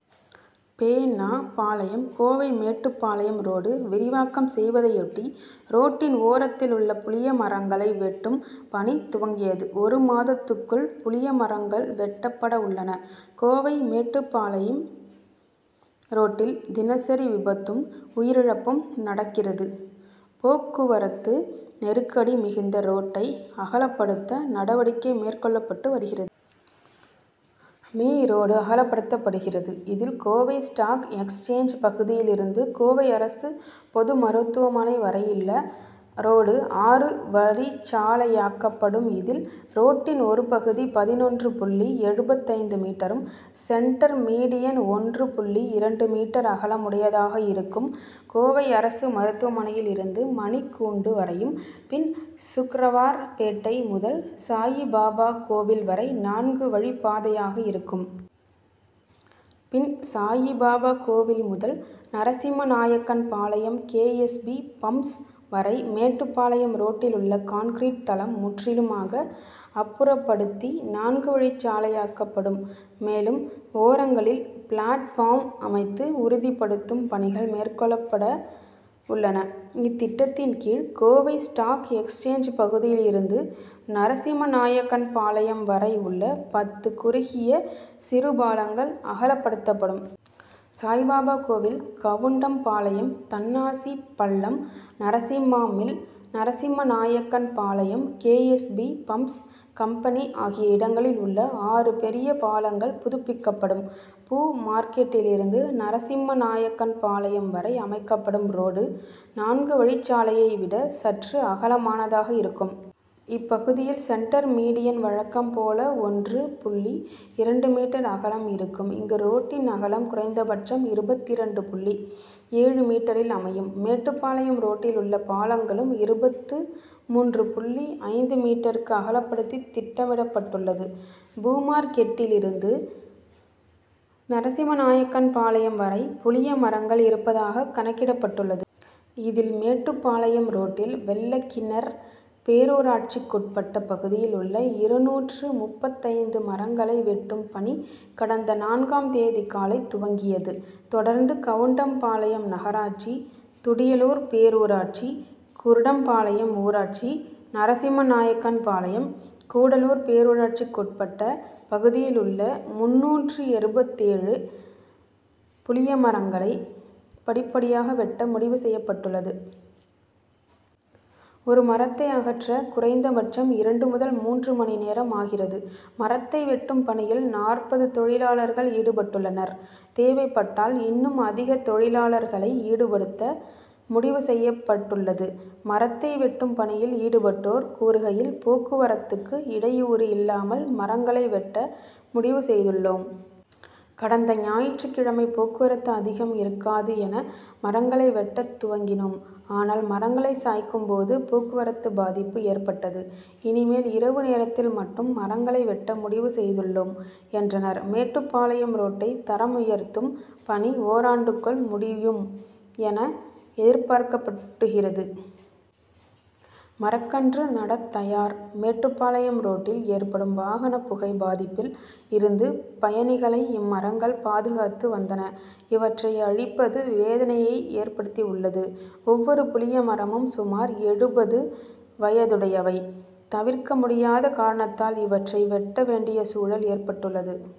பெ. நா. பாளையம் கோவை மேட்டுப்பாளையம் ரோடு விரிவாக்கம் செய்வதையொட்டி ரோட்டின் ஓரத்தில் உள்ள புளியமரங்களை வெட் டும் பணி துவங்கியது. ஒரு மாதத்துக்குள் புளியமரங் கள் வெட்டப்பட உள்ளன. கோவை-மேட்டுப்பாளைம் ரோட்டில் தினசரி விபத்தும், உயிரிழப்பும் நடக்கிறது. போக் குவரத்து நெருக்கடி மிகுந்த ரோட்டை அகலப்படுத்த நடவடிக்கை மேற்கொள்ளப்பட்டு வருகிறது. மீ., ரோடு அகலப்படுத்தப்படுகிறது. இதில், கோவை ஸ்டாக் எக்ஸ்சேஞ்ச் பகுதியிலிருந்து கோவை அரசு பொது மருத்துவமனை வரையுள்ள ரோடு ஆறு வழிச்சாலையாக்கப்படும். இதில், ரோட்டின் ஒரு பகுதி பதினொன்று புள்ளி எழுபத்தைந்து மீட்டரும், சென்டர் மீடியன் ஒன்று புள்ளி இரண்டு மீட்டர் அகலமுடையதாக இருக்கும். கோவை அரசு மருத்துவமனையில் இருந்து மணிக்கூண்டு வரையும், பின், சுக்ரவார் பேட்டை முதல் சாயிபாபா கோவில் வரை நான்கு வழிப்பாதையாக இருக்கும். பின், சாயிபாபா கோவில் முதல் Narasimhanaickenpalayam K. S. P., pumps வரை மேட்டுப்பாளையம் ரோட்டில் உள்ள கான்கிரீட் தளம் முற்றிலுமாக அப்புறப்படுத்தி, நான்குவழிச் சாலையாக்கப்படும். மேலும், ஓரங்களில் பிளாட்பார்ம் அமைத்து உறுதிப்படுத்தும் பணிகள் மேற்கொள்ளப்பட உள்ளன. இத்திட்டத்தின் கீழ் கோவை ஸ்டாக் எக்ஸ்சேஞ்ச் பகுதியிலிருந்து நரசிம்மநாயக்கன்பாளையம் வரை உள்ள பத்து குறுகிய சிறுபாலங்கள், அகலப்படுத்தப்படும். சாய்பாபா கோவில், கவுண் டம்பாளையம், தன்னாசி பள் ளம், Narasimha mill, Narasimhanaickenpalayam, K. S. B. Pumps company ஆகிய இடங்களில் உள்ள ஆறு பெரிய பாலங்கள் புதுப்பிக்கப்படும். பூ மார்கெட்டிலிருந்து நரசிம்மநாயக்கன்பாளையம் வரை அமைக்கப்படும் ரோடு, நான்கு வழிச்சாலையை விட சற்று அகலமானதாக இருக்கும். இப்பகுதியில் சென்டர் மீடியன் வழக்கம் போல ஒன்று புள்ளி இரண்டு மீட்டர் அகலம் இருக்கும். இங்கு ரோட்டின் அகலம் குறைந்த பட்சம் இருபத்திரண்டு புள்ளி ஏழு மீட்டரில் அமையும். மேட்டுப்பாளையம் ரோட்டில் உள்ள பாலங்களும் இருபத்து மூன்று புள்ளி ஐந்து மீட்டருக்கு அகலப்படுத்த திட்டமிடப்பட்டுள்ளது. பூமார்கெட்டிலிருந்து நரசிம்மநாயக்கன்பாளையம் வரை புளிய மரங்கள் இருப்பதாக கணக்கிடப்பட்டுள்ளது. இதில், மேட்டுப்பாளையம் ரோட்டில் வெள்ளக்கிணர் பேரூராட்சிக்குட்பட்ட பகுதியில் உள்ள இருநூற்று முப்பத்தைந்து மரங்களை வெட்டும் பணி கடந்த நான்காம் தேதி காலை துவங்கியது. தொடர்ந்து கவுண்டம்பாளையம் நகராட்சி, துடியலூர் பேரூராட்சி, குருடம்பாளையம் ஊராட்சி, நரசிம்மநாயக்கன்பாளையம், கூடலூர் பேரூராட்சிக்குட்பட்ட பகுதியில் உள்ள முந்நூற்று எழுபத்தேழு புளியமரங்களை படிப்படியாக வெட்ட முடிவு செய்யப் பட்டுள்ளது. ஒரு மரத்தை அகற்ற குறைந்த பட்சம் இரண்டு முதல் மூன்று மணி நேரம் ஆகிறது. மரத்தை வெட்டும் பணியில் நாற்பது தொழிலாளர்கள் ஈடுபட்டுள்ளனர். தேவைப்பட்டால் இன்னும் அதிக தொழிலாளர்களை ஈடுபடுத்த முடிவு செய்யப்பட் டுள்ளது. மரத்தை வெட்டும் பணியில் ஈடுபட்டோர் கூறுகையில், போக்குவரத்துக்கு இடை யூறு இல்லாமல் மரங்களை வெட்ட முடிவு செய்துள் ளோம். கடந்த ஞாயிற்றுக்கிழமை போக்குவரத்து அதிகம் இருக் காது என மரங்களை வெட்டத் துவங்கினோம். ஆனால், மரங்களை சாய்க்கும் போது போக்குவரத்து பாதிப்பு ஏற்பட்டது. இனிமேல் இரவு நேரத்தில் மட்டும் மரங்களை வெட்ட முடிவு செய்துள்ளோம் என்றனர். மேட்டுப்பாளையம் ரோட்டை தரம் உயர்த்தும் பணி ஓராண்டுக்குள் முடியும் என எதிர்பார்க்கப்படுகிறது. மரக்கன்று நடத் தயார் மேட்டுப்பாளையம் ரோட்டில் ஏற்படும் வாகன புகை பாதிப்பில் இருந்து பயணிகளை இம்மரங்கள் பாதுகாத்து வந்தன. இவற்றை அழிப்பது வேதனையை ஏற்படுத்தி உள் ளது. ஒவ்வொரு புளியமரமும் சுமார் எழுபது வயதுடையவை. தவிர்க்க முடியாத காரணத்தால் இவற்றை வெட்ட வேண்டிய சூழல் ஏற்பட் டுள்ளது.